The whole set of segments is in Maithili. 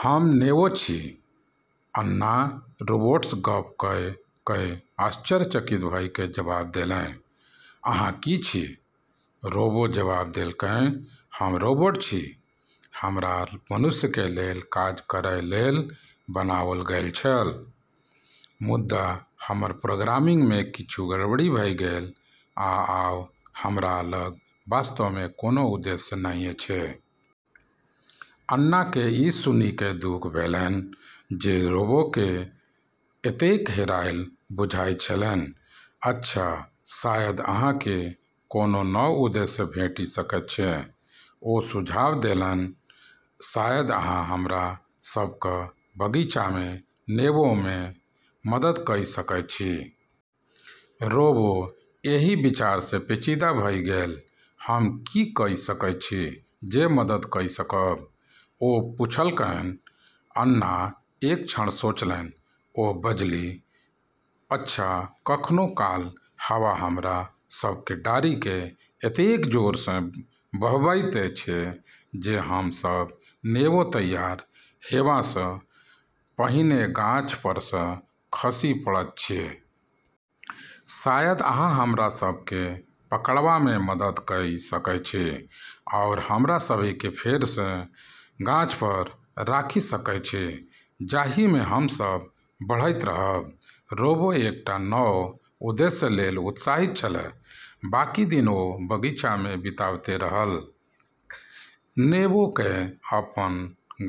"हम नेबो छी" अन्ना रोबोटसँ गप्प कऽ कऽ आश्चर्यचकित भऽ कऽ जबाब देलैन। "अहाँ की छी? " रोबो जबाब देलकैन, "हम रोबोट छी।" "हमरा मनुष्यकेँ लेल काज करैलेल बनाओल गेल छल, मुदा हमर प्रोग्रामिंगमे किछु गड़बड़ी भऽ गेल, आ आब हमरा लग वास्तवमे कोनो उद्देश्य नहि अछि।" अन्नाकेँ ई सुनि कऽ दुख भेलैन जे रोबोकेँ एतेक हेरायल बुझाइत छलैन। "अच्छा, शायद अहाँकेँ कोनो नव उद्देश्य भेटि सकैत अछि" ओ सुझाव देलैन। "शायद अहाँ हमरा सभक बगीचामे नेबोमे मदद कऽ सकैत छी।" रोबो एहि विचारसँ पेचीदा भऽ गेल। "हम की कऽ सकैत छी जे मदद कऽ सकब? " ओ पुछलकैन। अन्ना एक क्षण सोचलैन। ओ बजलीह, "अच्छा, कखनो काल हवा हमरा सभक डारिकेँ एतेक जोरसँ बहबैत अछि जे हम सभ नेबो तैयार हेबासँ पहिने गाछपरसँ खसि पड़ैत छी।" "शायद अहाँ हमरा सभकेँ पकड़बामे मदद कऽ सकैत छी आओर हमरा सभकेँ फेरसँ गाछपर राखि सकैत छी जाहिमे हम सभ बढ़ैत रहब।" रोबो एकटा नव उद्देश्यलेल उत्साहित छल। बाकी दिन ओ बगीचामे बिताबैत रहलाह, नेबोकेँ अपन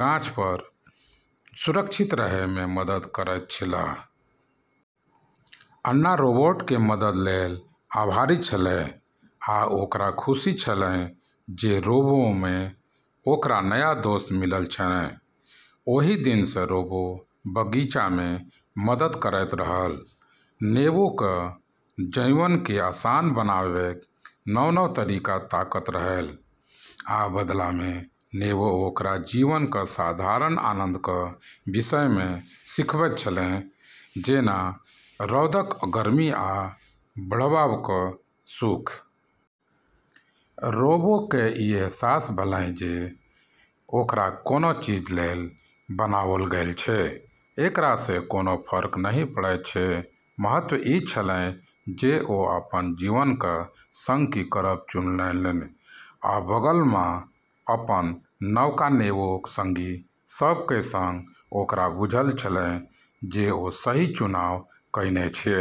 गाछपर सुरक्षित रहैमे मदद करैत छलाह। अन्ना रोबोटकेँ मददलेल आभारी छलीह, आ ओकरा खुशी छलैन जे रोबोमे ओकरा नया दोस्त मिलल छैन। ओहि दिनसँ रोबो बगीचामे मदद करैत रहल, नेबोक जीवनकेँ आसान बनाबैक नव-नव तरीका ताकैत रहल। आ बदलामे नेबो ओकरा जीवनक साधारण आनंदक विषयमे सिखबैत छलैन, जेना रौदक गर्मी आ बढ़बाक सुख। रोबोकेँ ई अहसास भेलैन जे ओकरा कोन चीजलेल बनाओल गेल छै, एकरासँ कोनो फर्क नहि पड़ैत छै महत्व ई छलैन जे ओ अपन जीवनक संग की करब चुनलैन। आ बगलमे अपन नवका नेबोक संगी सभक संग ओकरा बुझल छलैन जे ओ सही चुनाव कएने अछि।